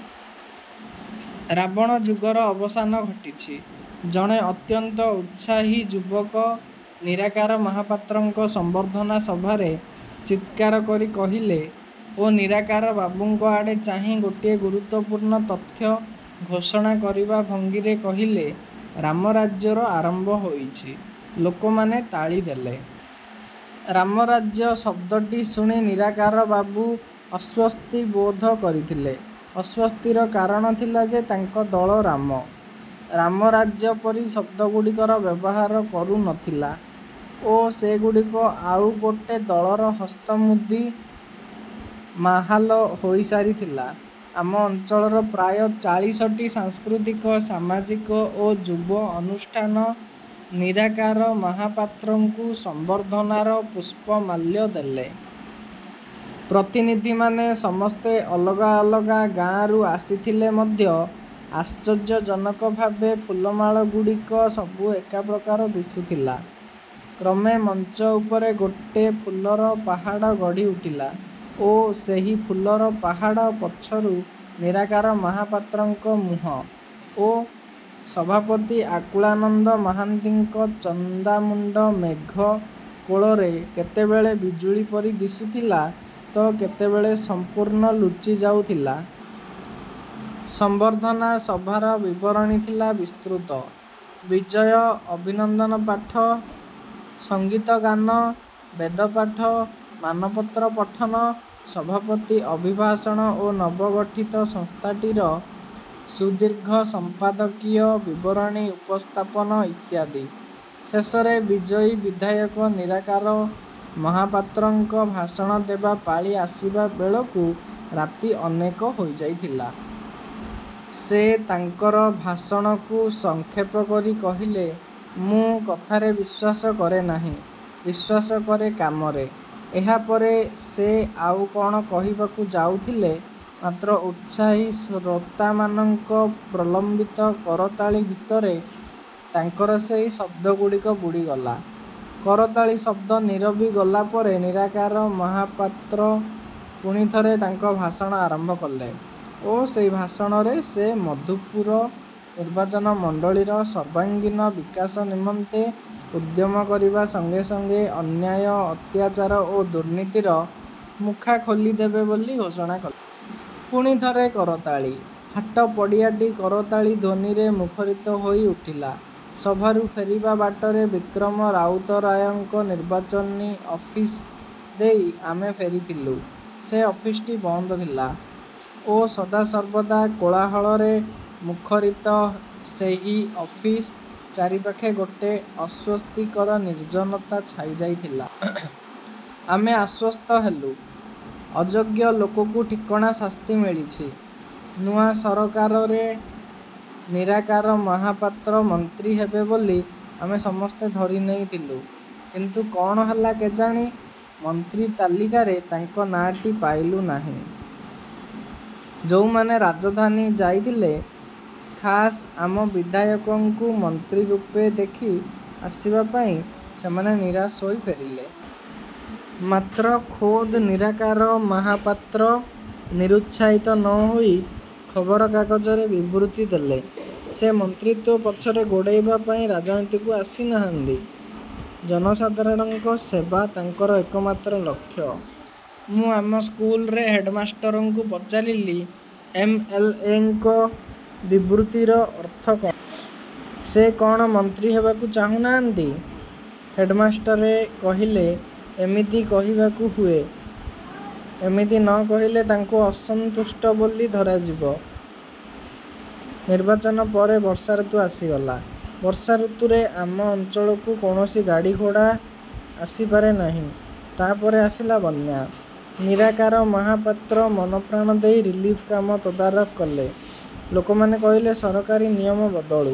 "ରାବଣ ଯୁଗର ଅବସାନ ଘଟିଛି," ଜଣେ ଅତ୍ୟନ୍ତ ଉତ୍ସାହୀ ଯୁବକ ନିରାକାର ମହାପାତ୍ରଙ୍କ ସମ୍ବର୍ଦ୍ଧନା ସଭାରେ ଚିତ୍କାର କରି କହିଲେ ଓ ନିରାକାର ବାବୁଙ୍କ ଆଡ଼େ ଚାହିଁ ଗୋଟିଏ ଗୁରୁତ୍ୱପୂର୍ଣ୍ଣ ତଥ୍ୟ ଘୋଷଣା କରିବା ଭଙ୍ଗୀରେ କହିଲେ, "ରାମରାଜ୍ୟର ଆରମ୍ଭ ହୋଇଛି। "ଲୋକମାନେ ତାଳି ଦେଲେ। 'ରାମରାଜ୍ୟ' ଶବ୍ଦଟି ଶୁଣି ନିରାକାରବାବୁ ଅସ୍ୱସ୍ତି ବୋଧ କରିଥିଲେ। ଅସ୍ୱସ୍ତିର କାରଣ ଥିଲା ଯେ ତାଙ୍କ ଦଳ 'ରାମ', 'ରାମରାଜ୍ୟ' ପରି ଶବ୍ଦଗୁଡ଼ିକର ବ୍ୟବହାର କରୁ ନ ଥିଲା ଓ ସେଗୁଡ଼ିକ ଆଉ ଗୋଟେ ଦଳର ହସ୍ତମୁଦି ମାହାଲ ହୋଇସାରିଥିଲା। ଆମ ଅଞ୍ଚଳର ପ୍ରାୟ ଚାଳିଶଟି ସାଂସ୍କୃତିକ, ସାମାଜିକ ଓ ଯୁବ ଅନୁଷ୍ଠାନ ନିରାକାର ମହାପାତ୍ରଙ୍କୁ ସମ୍ବର୍ଦ୍ଧନାର ପୁଷ୍ପମାଲ୍ୟ ଦେଲେ। ପ୍ରତିନିଧିମାନେ ସମସ୍ତେ ଅଲଗା ଅଲଗା ଗାଁରୁ ଆସିଥିଲେ ମଧ୍ୟ ଆଶ୍ଚର୍ଯ୍ୟଜନକ ଭାବେ ଫୁଲମାଳଗୁଡ଼ିକ ସବୁ ଏକାପ୍ରକାର ଦିଶୁଥିଲା। କ୍ରମେ ମଞ୍ଚ ଉପରେ ଗୋଟେ ଫୁଲର ପାହାଡ଼ ଗଢ଼ି ଉଠିଲା ଓ ସେହି ଫୁଲର ପାହାଡ଼ ପଛରୁ ନିରାକାର ମହାପାତ୍ରଙ୍କ ମୁହଁ ଓ ସଭାପତି ଆକୁଳାନନ୍ଦ ମହାନ୍ତିଙ୍କ ଚନ୍ଦାମୁଣ୍ଡ ମେଘ କୋଳରେ କେତେବେଳେ ବିଜୁଳି ପରି ଦିଶୁଥିଲା ତ କେତେବେଳେ ସମ୍ପୂର୍ଣ୍ଣ ଲୁଚି ଯାଉଥିଲା। ସମ୍ବର୍ଦ୍ଧନା ସଭାର ବିବରଣୀ ଥିଲା ବିସ୍ତୃତ। ବିଜୟ ଅଭିନନ୍ଦନ ପାଠ, ସଙ୍ଗୀତ ଗାନ, ବେଦପାଠ, ମାନପତ୍ର ପଠନ, ସଭାପତି ଅଭିଭାଷଣ ଓ ନବଗଠିତ ସଂସ୍ଥାଟିର ସୁଦୀର୍ଘ ସମ୍ପାଦକୀୟ ବିବରଣୀ ଉପସ୍ଥାପନ ଇତ୍ୟାଦି। ଶେଷରେ ବିଜୟୀ ବିଧାୟକ ନିରାକାର ମହାପାତ୍ରଙ୍କ ଭାଷଣ ଦେବା ପାଳି ଆସିବା ବେଳକୁ ରାତି ଅନେକ ହୋଇଯାଇଥିଲା। ସେ ତାଙ୍କର ଭାଷଣକୁ ସଂକ୍ଷେପ କରି କହିଲେ, "ମୁଁ କଥାରେ ବିଶ୍ୱାସ କରେ ନାହିଁ, ବିଶ୍ୱାସ କରେ କାମରେ। "ଏହାପରେ ସେ ଆଉ କ'ଣ କହିବାକୁ ଯାଉଥିଲେ, ମାତ୍ର ଉତ୍ସାହୀ ଶ୍ରୋତାମାନଙ୍କ ପ୍ରଲମ୍ବିତ କରତାଳି ଭିତରେ ତାଙ୍କର ସେଇ ଶବ୍ଦଗୁଡ଼ିକ ବୁଡ଼ିଗଲା। କରତାଳି ଶବ୍ଦ ନୀରବି ଗଲା ପରେ ନିରାକାର ମହାପାତ୍ର ପୁଣିଥରେ ତାଙ୍କ ଭାଷଣ ଆରମ୍ଭ କଲେ ଓ ସେଇ ଭାଷଣରେ ସେ ମଧୁପୁର ନିର୍ବାଚନ ମଣ୍ଡଳୀର ସର୍ବାଙ୍ଗୀନ ବିକାଶ ନିମନ୍ତେ ଉଦ୍ୟମ କରିବା ସଙ୍ଗେ ସଙ୍ଗେ ଅନ୍ୟାୟ, ଅତ୍ୟାଚାର ଓ ଦୁର୍ନୀତିର ମୁଖା ଖୋଲିଦେବେ ବୋଲି ଘୋଷଣା କଲେ। ପୁଣିଥରେ କରତାଳି। ହାଟ ପଡ଼ିଆଟି କରତାଳି ଧ୍ୱନିରେ ମୁଖରିତ ହୋଇ ଉଠିଲା। ସଭାରୁ ଫେରିବା ବାଟରେ ବିକ୍ରମ ରାଉତରାୟଙ୍କ ନିର୍ବାଚନୀ ଅଫିସ୍ ଦେଇ ଆମେ ଫେରିଥିଲୁ। ସେ ଅଫିସ୍‌ଟି ବନ୍ଦ ଥିଲା ଓ ସଦାସର୍ବଦା କୋଳାହଳରେ ମୁଖରିତ ସେହି ଅଫିସ୍ ଚାରିପାଖେ ଗୋଟେ ଅସ୍ୱସ୍ତିକର ନିର୍ଜନତା ଛାଇ ଯାଇଥିଲା। ଆମେ ଆଶ୍ୱସ୍ତ ହେଲୁ। ଅଯୋଗ୍ୟ ଲୋକକୁ ଠିକଣା ଶାସ୍ତି ମିଳିଛି। ନୂଆ ସରକାରରେ ନିରାକାର ମହାପାତ୍ର ମନ୍ତ୍ରୀ ହେବେ ବୋଲି ଆମେ ସମସ୍ତେ ଧରି ନେଇଥିଲୁ। କିନ୍ତୁ କ'ଣ ହେଲା କେଜାଣି, ମନ୍ତ୍ରୀ ତାଲିକାରେ ତାଙ୍କ ନାଁଟି ପାଇଲୁ ନାହିଁ। ଯୋଉମାନେ ରାଜଧାନୀ ଯାଇଥିଲେ, ଖାସ୍ ଆମ ବିଧାୟକଙ୍କୁ ମନ୍ତ୍ରୀ ରୂପେ ଦେଖି ଆସିବା ପାଇଁ, ସେମାନେ ନିରାଶ ହୋଇ ଫେରିଲେ। ମାତ୍ର ଖୋଦ୍ ନିରାକାର ମହାପାତ୍ର ନିରୁତ୍ସାହିତ ନ ହୋଇ ଖବରକାଗଜରେ ବିବୃତି ଦେଲେ, ସେ ମନ୍ତ୍ରୀତ୍ୱ ପଛରେ ଗୋଡ଼େଇବା ପାଇଁ ରାଜନୀତିକୁ ଆସିନାହାନ୍ତି, ଜନସାଧାରଣଙ୍କ ସେବା ତାଙ୍କର ଏକମାତ୍ର ଲକ୍ଷ୍ୟ। ମୁଁ ଆମ ସ୍କୁଲରେ ହେଡ୍‌ମାଷ୍ଟରଙ୍କୁ ପଚାରିଲି, "ଏମ୍. ଏଲ୍. ଏ. ଙ୍କ ବିବୃତିର ଅର୍ଥ କ'ଣ? ସେ କ'ଣ ମନ୍ତ୍ରୀ ହେବାକୁ ଚାହୁଁ ନାହାନ୍ତି? "ହେଡ୍‌ମାଷ୍ଟରେ କହିଲେ, "ଏମିତି କହିବାକୁ ହୁଏ। ଏମିତି ନ କହିଲେ ତାଙ୍କୁ ଅସନ୍ତୁଷ୍ଟ ବୋଲି ଧରାଯିବ।"ନିର୍ବାଚନ ପରେ ବର୍ଷାଋତୁ ଆସିଗଲା। ବର୍ଷାଋତୁରେ ଆମ ଅଞ୍ଚଳକୁ କୌଣସି ଗାଡ଼ିଘୋଡ଼ା ଆସି ପାରେ ନାହିଁ। ତା'ପରେ ଆସିଲା ବନ୍ୟା। ନିରାକାର ମହାପାତ୍ର ମନପ୍ରାଣ ଦେଇ ରିଲିଫ୍ କାମ ତଦାରଖ କଲେ। ଲୋକମାନେ କହିଲେ, ସରକାରୀ ନିୟମ ବଦଳୁ--